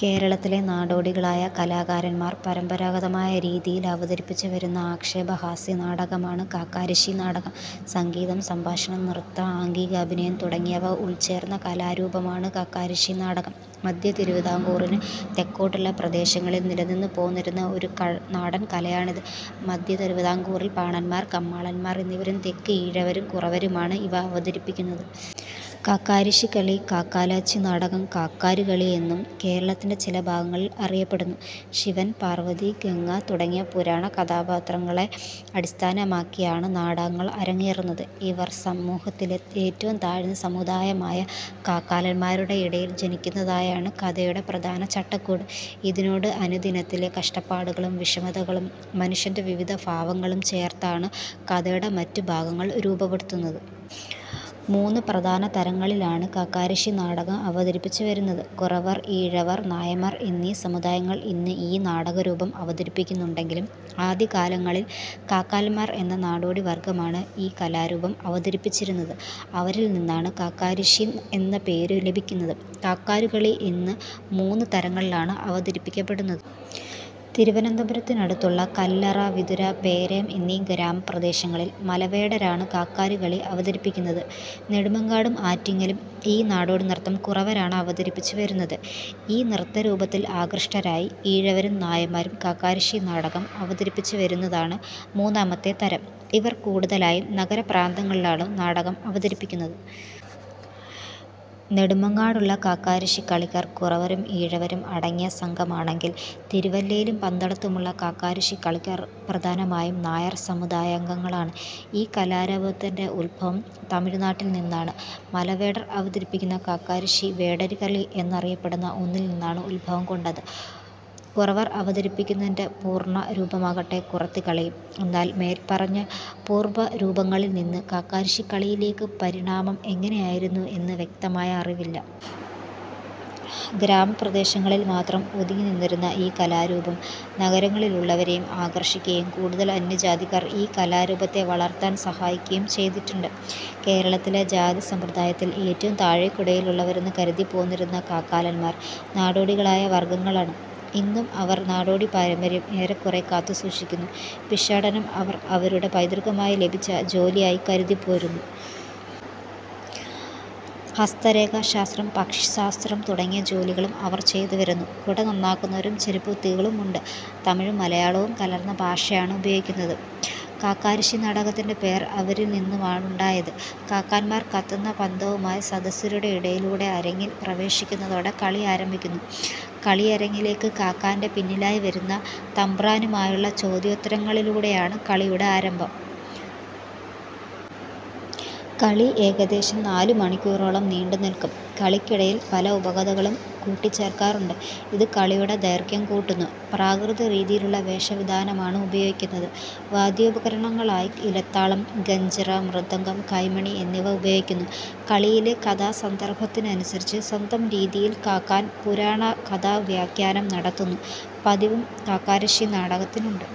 കേരളത്തിലെ നാടോടികളായ കാക്കാലന്മാർ പരമ്പരാഗതമായ രീതിയിൽ അവതരിപ്പിച്ചു വരുന്ന ആക്ഷേപഹാസ്യനാടകമാണ് കാക്കരിശ്ശിനാടകം. സംഗീതം, സംഭാഷണം, നൃത്തം, ആംഗികാഭിനയം തുടങ്ങിയവ ഉൾച്ചേർന്ന കലാരൂപമാണ് കാക്കാരിശ്ശി നാടകം. മധ്യതിരുവതാംകൂറിനു തെക്കോട്ടുള്ള പ്രദേശങ്ങളിൽ നിലനിന്നു പോന്നിരുന്ന ഒരു നാടൻ കലയാണിതു്. മധ്യതിരുവതാംകൂറിൽ പാണന്മാർ, കമ്മാളന്മാർ എന്നിവരും, തെക്ക് ഈഴവരും കുറവരുമാണ് ഇവ അവതിരിപ്പിക്കുന്നതു്. കാക്കാരിശ്ശികളി. കാക്കാലച്ചിനാടകം, കാക്കാരുകളി എന്നും കേരളത്തിൻറെ ചിലഭാഗങ്ങളിൽ അറിയപ്പെടുന്നു. ശിവൻ, പാർവതി, ഗംഗ തുടങ്ങിയ പുരാണ കഥാപാത്രങ്ങളള അടിസ്ഥാനമാക്കിയാണ് നാടകങ്ങൾ അരങ്ങേറുന്നത്. ഇവർ സമൂഹത്തിലെ ഏറ്റവും താഴ്ന്ന സമുദായമായ കാക്കാലന്മാരുടെ ഇടയിൽ ജനിക്കുന്നതായാണ് കഥയുടെ പ്രധാന ചട്ടക്കൂട്. ഇതിനോട് അനുദിനത്തിലെ കഷ്ടപ്പാടുകളും വിഷമതകളും മനുഷ്യന്റെ വിവിധഭാവങ്ങളും ചേർത്താണ് കഥയുടെ മറ്റു ഭാഗങ്ങൾ രൂപപ്പെടുത്തുന്നത്. മൂന്ന് പ്രധാന തരങ്ങളിലാണ് കാക്കരശ്ശി നാടകം അവതരിപ്പിച്ചു വരുന്നത്. കുറവർ, ഈഴവർ, നായന്മാർ എന്നീ സമുദായങ്ങൾ ഇന്ന് ഈ നാടകരൂപം അവതരിപ്പിക്കുന്നുണ്ടെങ്കിലും ആദ്യകാലങ്ങളിൽ കാക്കാലർ എന്ന നാടോടിവർഗ്ഗമാണ് ഈ കലാരൂപം അവതരിപ്പിച്ചിരുന്നത്. അവരിൽ നിന്നാണ് കാക്കാരിശ്ശി എന്ന പേരു ലഭിക്കുന്നത്. കാക്കാരുകളി ഇന്ന് മൂന്ന് തരത്തിലാണ് അവതരിപ്പിക്കപ്പെടുന്നത്. തിരുവനന്തപുരത്തിനടുത്തുള്ള കല്ലറ, വിതുര, പേരയം എന്നീ ഗ്രാമപ്രദേശങ്ങളിൽ മലവേടരാണ് കാക്കാരുകളി അവതരിപ്പിക്കുന്നത്. നെടുമങ്ങാടും ആറ്റിങ്ങലും ഈ നാടോടി നൃത്തം കുറവരാണ് അവതരിപ്പിച്ചു വരുന്നത്. ഈ നൃത്തരൂപത്തിൽ ആകൃഷ്ടരായി ഈഴവരും നായന്മാരും കാക്കാരിശ്ശി നാടകം അവതരിപ്പിച്ചു വരുന്നതാണ് മൂന്നാമത്തെ തരം. ഇവർ കൂടുതലായും നഗരപ്രാന്തങ്ങളിലാണ് നാടകം അവതരിപ്പിക്കുന്നത്. നെടുമങ്ങാടുള്ള കാക്കാരിശ്ശി കളിക്കാർ കുറവരും ഈഴവരും അടങ്ങിയ സംഘമാണെങ്കിൽ തിരുവല്ലയിലും പന്തളത്തുമുള്ള കാക്കാരിശ്ശികളിക്കാർ പ്രധാനമായും നായർ സമുദായാംഗങ്ങളാണ്. ഈ കലാരൂപത്തിന്റെ ഉത്ഭവം തമിഴ്നാട്ടിൽ നിന്നാണ്. മലവേടർ അവതരിപ്പിക്കുന്ന കാക്കാരിശ്ശി വേടരുകളി എന്നറിയപ്പെടുന്ന ഒന്നിൽ നിന്നാണ് ഉത്ഭവം കൊണ്ടത്. കുറവർ അവതരിപ്പിക്കുന്നതിന്റെ പൂർവ രൂപമാകടെ കുറത്തികളിയും. എന്നാൽ മേൽ പറഞ്ഞ പൂർവരൂപങ്ങളിൽ നിന്ന് കാക്കാരിശ്ശികളിയിലേക്കുള്ള പരിണാമ എങ്ങനെയായിരുന്നു എന്ന് വ്യക്തമായ അറിവില്ല. ഗ്രാമപ്രദേശങ്ങളിൽ മാത്രം ഒതുങ്ങി നിന്നിരുന്ന ഈ കലാരൂപം നഗരങ്ങളിലുള്ളവരേയും ആകർഷിക്കുകയും കൂടുതൽ അന്യജാതിക്കാർ ഈ കലാരൂപത്തെ വളർത്താൻ സഹായിക്കുകയും ചെയ്തിട്ടുണ്ട്. കേരളത്തിലെ ജാതിസമ്പ്രദായത്തിൽ ഏറ്റവും താഴെക്കിടയിലുള്ളവരെന്ന് കരുതിപ്പോന്നിരുന്ന കാക്കാലർ നാടോടികളായ വർഗ്ഗങ്ങളാണ്. ഇന്നും അവർ നാടോടി പാരമ്പര്യം ഏറെക്കുറെ കാത്തുസൂക്ഷിക്കുന്നു. ഭിക്ഷാടനം അവർ അവരുടെ പൈതൃകമായി ലഭിച്ച ജോലിയായി കരുതിപ്പോരുന്നു. ഹസ്തരേഖാശാസ്ത്രം, പക്ഷിശാസ്ത്രം തുടങ്ങിയ ജോലികളും അവർ ചെയ്തുവരുന്നു. കുട നന്നാക്കുന്നവരും ചെരുപ്പുകുത്തികളും ഉണ്ട്. തമിഴും മലയാളവും കലർന്ന ഭാഷയാണ് ഉപയോഗിക്കുന്നത്. കാക്കാരിശ്ശി നാടകത്തിന്റെ പേർ അവരിൽ നിന്നാണുണ്ടായത്. കാക്കാന്മാർ കത്തുന്ന പന്തവുമായി സദസ്യരുടെ ഇടയിലൂടെ അരങ്ങിൽ പ്രവേശിക്കുന്നതോടെ കളി ആരംഭിക്കുന്നു. കളിയരങ്ങിലേക്ക് കാക്കാന്റെ പിന്നിലായി വരുന്ന തബ്രാനുമായുള്ള ചൊദ്യോത്തരത്തിലൂടെയാണ് കളിയുടെ ആരംഭം. കളി ഏകദേശം നാലുമണിക്കൂറോളം നീണ്ടുനിൽക്കും. കളിക്കിടയിൽ പല ഉപകഥകളും കൂട്ടിചേർക്കാറുണ്ട്. ഇത് കളിയുടെ ദൈർഘ്യം കൂട്ടുന്നു. പ്രാകൃത രീതിയിലുള്ള വേഷവിധാനങ്ങളാണ് ഉപയോഗിക്കുന്നതു്. വാദ്യോപകരണങ്ങളായി ഇലത്താളം, ഗഞ്ചിറ, മൃദംഗം, കൈമണി എന്നിവ ഉപയോഗിക്കുന്നു. കളിയിലെ കഥാസന്ദർഭത്തിനനുസരിച്ച് സ്വന്തം രീതിയിൽ കാക്കാൻ പുരാണകഥാഖ്യാനം നടത്തുന്ന പതിവും കാക്കരിശ്ശി നാടകത്തിനുണ്ട്.